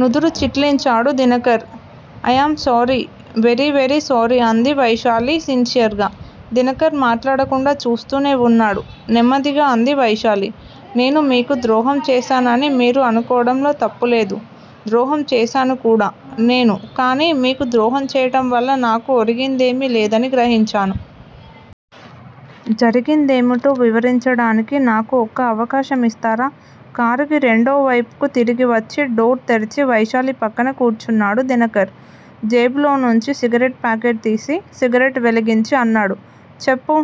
నుదురు చిట్లించాడు Dinakar. I am sorry! Very very sorry! అంది వైశాలి సిన్సియర్ గా. దినకర్ మాట్లాడకుండా చూస్తూనే వున్నాడు. నెమ్మదిగా అంది వైశాలి. నేను మీకు ద్రోహం చేసానని మీరు అనుకోవడంలో తప్పులేదు. ద్రోహం చేసాను కూడా నేను. కానీ మీకు ద్రోహం చేయడం వల్ల నాకు ఒరిగిందేమీ లేదని గ్రహించాను. జరిగిందేమిటో వివరించడానికి నాకు ఒక్క అవకాశం ఇస్తారా? కారుకి రెండో వైపు తిరిగివచ్చి డోర్ తెరిచి వైశాలి పక్కన కూర్చున్నాడు దినకర్. జేబులోనుంచి సిగరెట్ ప్యాకెట్ తీసి సిగరెట్ వెలిగించి అన్నాడు. చెప్పు!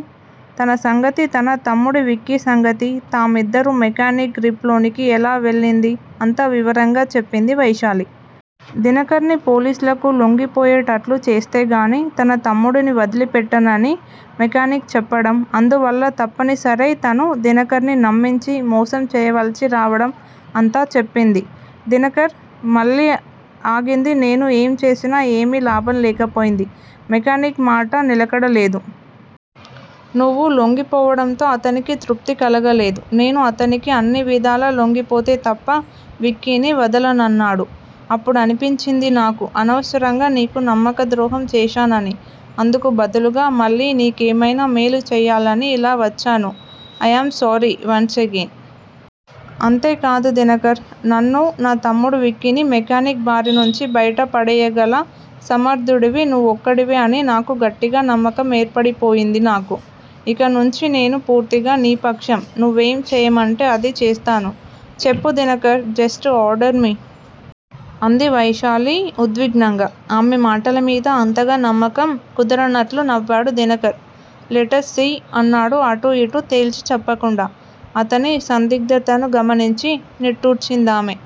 తన సంగతీ, తన తమ్ముడు విక్కీ సంగతీ, తామిద్దరూ మెకానిక్ గ్రిప్ లోకి ఎలా వెళ్ళిందీ అంతా వివరంగా చెప్పింది వైశాలి. దినకర్ ని పోలీసులకి లొంగిపోయేటట్లు చేస్తేగానీ తన తమ్ముడిని వదిలిపెట్టనని మెకానిక్ చెప్పడం, అందువల్ల తప్పనిసరై తను దినకర్ ని నమ్మించి మోసం చేయవలసి రావడం అంతా చెప్పింది. దినకర్! మళ్ళీ ఆగింది నేను ఏం చేసినా ఏమీ లాభం లేకపోయింది. మెకానిక్ మాట నిలకడ లేదు. నువ్వు లొంగిపోవడంతో అతనికి తృప్తి కలగలేదు. నేను అతనికి అన్ని విధాలా లొంగిపోతే తప్ప విక్కీని వదలనన్నాడు. అప్పుడనిపించింది నాకు! అనవసరంగా నీకు నమ్మక ద్రోహం చేశానని! అందుకు బదులుగా మళ్ళీ నీకేమయినా మేలు చెయ్యాలని ఇలా వచ్చాను. I am sorry! Once again! అంతేకాదు దినకర్! నన్నూ, నా తమ్ముడు విక్కీని మెకానిక్ బారినుంచి బయట పడెయ్యగల సమర్దుడివి నువ్వొక్కడివే అని కూడా గట్టిగా నమ్మకం ఏర్పడిపోయింది నాకు. ఇక నుంచీ నేను పూర్తిగా నీ పక్షం! నువ్వేం చేయమంటే అది చేస్తాను. చెప్పు దినకర్! Just order me! అంది వైశాలి ఉద్విగ్నంగా. ఆమె మాటలమీద అంతగా నమ్మకం కుదరనట్లు నవ్వాడు దినకర్. Let's see! అన్నాడు అటూ ఇటూ తేల్చిచెప్పకుండా. అతని సందిగ్ధతని గమనించి నిట్టూర్చిందామె.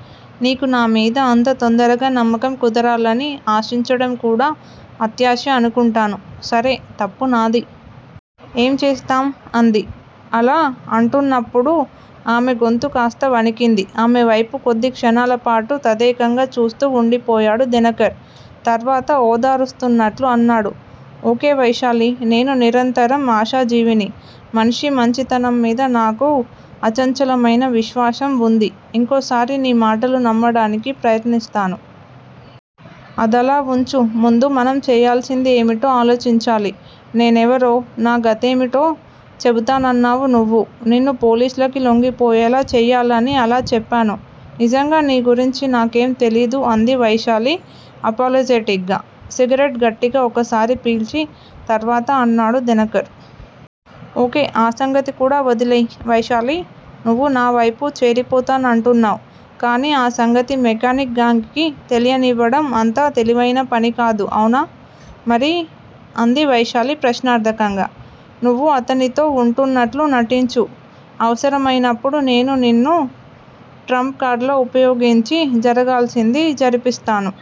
నీకు నా మీద అంత తొందరగా నమ్మకం కుదరాలని ఆశించడం కూడా అత్యాశే అనుకుంటాను. సరే తప్పు నాది! ఏం చేస్తాం? అంది. అలా అంటున్నప్పుడు ఆమె గొంతు కాస్త వణికింది. ఆమె వైపు కొద్ది క్షణాలపాటు తదేకంగా చూస్తూ వుండిపోయాడు దినకర్. తర్వాత ఓదారుస్తున్నట్లు అన్నాడు. ఓకే వైశాలి! నేను నిరంతరం ఆశాజీవిని. మనిషి మంచితనంమీద నాకు అచంచలమయిన విశ్వాసం వుంది. ఇంకోసారి నీ మాటలు నమ్మడానికి ప్రయత్నిస్తాను. అదలా వుంచు. ముందు మనం చెయ్యాల్సింది ఏమిటో ఆలోచించాలి. నేనెవరో, నా గతమేమిటో చెబుతానన్నావు నువ్వు! నిన్ను పోలీసులకి లొంగిపోయేలా చెయ్యాలని అలా చెప్పాను. నిజంగా నీ గురించి నాకేం తెలీదు అంది వైశాలి అపాలజెటిక్ గా. సిగరెట్ గట్టిగా ఒకసారి పీల్చి తర్వాత అన్నాడు దినకర్! ఓకే! ఆ సంగతి కూడా వదిలెయ్! వైశాలీ! నువ్వు నావైపు చేరిపోతానంటున్నావు. కానీ ఆ సంగతి మెకానిక్ గ్యాంగుకి తెలియనివ్వడం అంత తెలివయిన పనికాదు అవునా? మరి? అంది వైశాలి ప్రశ్నార్ధకంగా. నువ్వు అతనితో వుంటున్నట్లు నటించు. అవసరమయినప్పుడు నేను నిన్ను ట్రంప్ కార్డులా ఉపయోగించి జరగాల్సింది జరిపిస్తాను.